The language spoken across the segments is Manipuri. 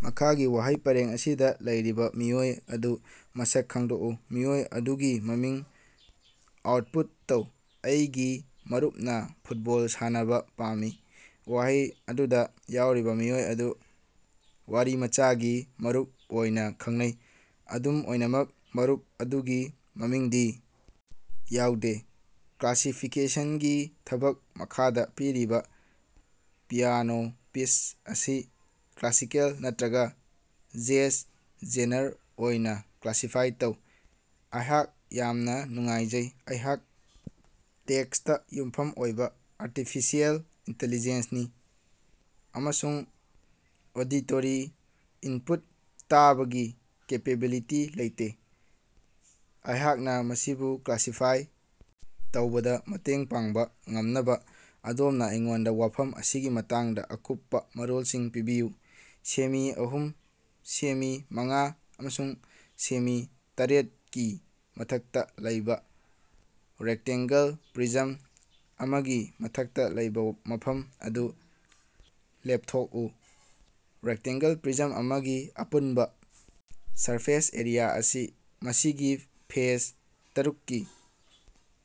ꯃꯈꯥꯒꯤ ꯋꯥꯍꯩ ꯄꯔꯦꯡ ꯑꯁꯤꯗꯥ ꯂꯩꯔꯤꯕꯥ ꯃꯤꯑꯣꯏ ꯑꯗꯨ ꯃꯁꯛ ꯈꯪꯗꯣꯛꯎ꯫ ꯃꯤꯑꯣꯏ ꯑꯗꯨꯒꯤ ꯃꯃꯤꯡ ꯑꯥꯎꯠꯄꯨꯠ ꯇꯧ꯫ ꯑꯩꯒꯤ ꯃꯔꯨꯞꯅꯥ ꯐꯨꯠꯕꯣꯜ ꯁꯥꯟꯅꯕꯥ ꯄꯥꯝꯃꯤ꯫ ꯋꯥꯍꯩ ꯑꯗꯨꯗꯥ ꯌꯥꯎꯔꯤꯕꯥ ꯃꯤꯑꯣꯏ ꯑꯗꯨ ꯋꯥꯔꯤꯃꯆꯥꯒꯤ ꯃꯔꯨꯞ ꯑꯣꯏꯅꯥ ꯈꯪꯅꯩ, ꯑꯗꯨꯝ ꯑꯣꯏꯅꯃꯛ ꯃꯔꯨꯞ ꯑꯗꯨꯒꯤ ꯃꯃꯤꯡꯗꯤ ꯌꯥꯎꯗꯦ꯫ ꯀ꯭ꯂꯥꯁꯤꯐꯤꯀꯦꯁꯟꯒꯤ ꯊꯕꯛ ꯃꯈꯥꯗꯥ ꯄꯤꯔꯤꯕꯥ ꯄꯤꯌꯥꯅꯣ ꯄꯤꯁ ꯑꯁꯤ ꯀ꯭ꯂꯥꯁꯤꯀꯦꯜ ꯅꯠꯇ꯭ꯔꯒꯥ ꯖꯦꯖ ꯖꯦꯅꯔ ꯑꯣꯏꯅꯥ ꯀ꯭ꯂꯥꯁꯤꯐꯥꯏ ꯇꯧ꯫ ꯑꯩꯍꯥꯛ ꯌꯥꯝꯅꯥ ꯅꯨꯡꯉꯥꯏꯖꯩ, ꯑꯩꯍꯥꯛ ꯇꯦꯛꯁꯇꯥ ꯌꯨꯝꯐꯝ ꯑꯣꯏꯕꯥ ꯑꯔꯇꯤꯐꯤꯁꯦꯜ ꯏꯟꯇꯤꯂꯤꯖꯦꯟꯁꯅꯤ ꯑꯃꯁꯨꯡ ꯑꯣꯗꯤꯇꯣꯔꯤ ꯏꯟꯄꯨꯠ ꯇꯥꯕꯒꯤ ꯀꯦꯄꯦꯕꯤꯂꯤꯇꯤ ꯂꯩꯇꯦ꯫ ꯑꯩꯍꯥꯛꯅꯥ ꯃꯁꯤꯕꯨ ꯀ꯭ꯂꯥꯁꯤꯐꯥꯏ ꯇꯧꯕꯗꯥ ꯃꯇꯦꯡ ꯄꯥꯡꯕꯥ ꯉꯝꯅꯕꯥ ꯑꯗꯣꯝꯅꯥ ꯑꯩꯉꯣꯟꯗꯥ ꯋꯥꯐꯝ ꯑꯁꯤꯒꯤ ꯃꯇꯥꯡꯗꯥ ꯑꯀꯨꯞꯄꯥ ꯃꯔꯣꯜꯁꯤꯡ ꯄꯤꯕꯤꯌꯨ꯫ ꯁꯦꯃꯤ ꯑꯍꯨꯝ ꯁꯦꯃꯤ ꯃꯉꯥ ꯑꯃꯁꯨꯡ ꯁꯦꯃꯤ ꯇꯔꯦꯠꯒꯤ ꯃꯊꯛꯇꯥ ꯂꯩꯕꯥ ꯔꯦꯛꯇꯦꯡꯒꯜ ꯄ꯭ꯔꯤꯖꯝ ꯑꯃꯒꯤ ꯃꯊꯛꯇꯥ ꯂꯩꯕꯥ ꯃꯐꯝ ꯑꯗꯨ ꯂꯦꯞꯊꯣꯛꯎ꯫ ꯔꯦꯛꯇꯦꯡꯒꯜ ꯄ꯭ꯔꯤꯖꯝ ꯑꯃꯒꯤ ꯑꯄꯨꯟꯕꯥ ꯁꯔꯐꯦꯁ ꯑꯦꯔꯤꯌꯥ ꯑꯁꯤ ꯃꯁꯤꯒꯤ ꯐꯦꯁ ꯇꯥꯔꯨꯛꯀꯤ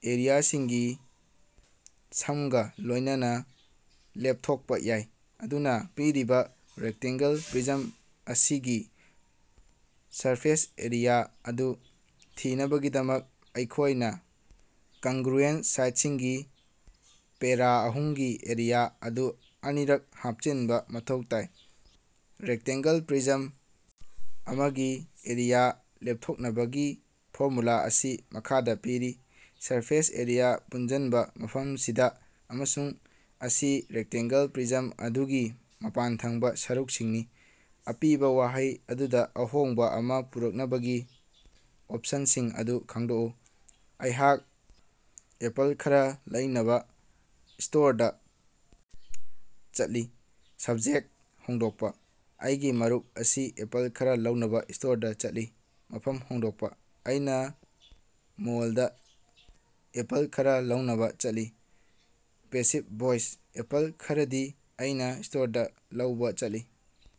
ꯑꯦꯔꯤꯌꯥꯁꯤꯡꯒꯤ ꯁꯝꯒꯥ ꯂꯣꯏꯅꯅꯥ ꯂꯦꯞꯊꯣꯛꯄꯥ ꯌꯥꯏ꯫ ꯑꯗꯨꯅꯥ, ꯄꯤꯔꯤꯕꯥ ꯔꯦꯛꯇꯦꯡꯒꯜ ꯄ꯭ꯔꯤꯖꯝ ꯑꯁꯤꯒꯤ ꯁꯔꯐꯦꯁ ꯑꯦꯔꯤꯌꯥ ꯑꯗꯨ ꯊꯤꯅꯕꯒꯤꯗꯃꯛ, ꯑꯩꯈꯣꯏꯅꯥ ꯀꯪꯒ꯭ꯔꯨꯌꯦꯟ ꯁꯥꯏꯠꯁꯤꯡꯒꯤ ꯄꯦꯔꯥ ꯑꯍꯨꯝꯒꯤ ꯑꯦꯔꯤꯌꯥ ꯑꯗꯨ ꯑꯅꯤꯔꯛ ꯍꯥꯞꯆꯤꯟꯕꯥ ꯃꯊꯧ ꯇꯥꯏ꯫ ꯔꯦꯛꯇꯦꯡꯒꯜ ꯄ꯭ꯔꯤꯖꯝ ꯑꯃꯒꯤ ꯁꯔꯐꯦꯁ ꯑꯦꯔꯤꯌꯥ ꯂꯦꯞꯊꯣꯛꯅꯕꯒꯤ ꯐꯣꯔꯃꯨꯂꯥ ꯑꯁꯤ ꯃꯈꯥꯗꯥ ꯄꯤꯔꯤ: ꯁꯔꯐꯦꯁ ꯑꯦꯔꯤꯌꯥ ꯄꯨꯟꯖꯟꯕ ꯃꯐꯝꯁꯤꯗꯥ ꯑꯃꯁꯨꯡ ꯑꯁꯤ ꯔꯦꯛꯇꯦꯡꯒꯜ ꯄ꯭ꯔꯤꯖꯝ ꯑꯗꯨꯒꯤ ꯃꯄꯥꯟꯊꯪꯕꯥ ꯁꯔꯨꯛꯁꯤꯡꯅꯤ꯫ ꯑꯄꯤꯕꯥ ꯋꯥꯍꯩ ꯑꯗꯨꯗꯥ ꯑꯍꯣꯡꯕꯥ ꯑꯃꯥ ꯄꯨꯔꯛꯅꯕꯒꯤ ꯑꯣꯞꯁꯟꯁꯤꯡ ꯑꯗꯨ ꯈꯪꯗꯣꯛꯎ꯫ ꯑꯩꯍꯥꯛ ꯑꯦꯄꯜ ꯈꯔꯥ ꯂꯧꯅꯕꯥ ꯁ꯭ꯇꯣꯔꯗꯥ ꯆꯠꯂꯤ꯫ ꯁꯕꯖꯦꯛꯇ ꯍꯣꯡꯗꯣꯛꯄꯥ: ꯑꯩꯒꯤ ꯃꯔꯨꯞ ꯑꯁꯤ ꯑꯦꯄꯜ ꯈꯔꯥ ꯂꯧꯅꯕꯥ ꯁ꯭ꯇꯣꯔꯗꯥ ꯆꯠꯂꯤ꯫ ꯃꯐꯝ ꯍꯣꯡꯗꯣꯛꯄꯥ: ꯑꯩꯅꯥ ꯃꯣꯜꯗꯥ ꯑꯦꯄꯜ ꯈꯔꯥ ꯂꯧꯅꯕꯥ ꯆꯠꯂꯤ꯫ ꯄꯦꯁꯤꯕ ꯚꯣꯏꯁ: ꯑꯦꯄꯜ ꯈꯔꯗꯤ ꯑꯩꯅꯥ ꯁ꯭ꯇꯣꯔꯗꯥ ꯂꯧꯕꯥ ꯆꯠꯂꯤ꯫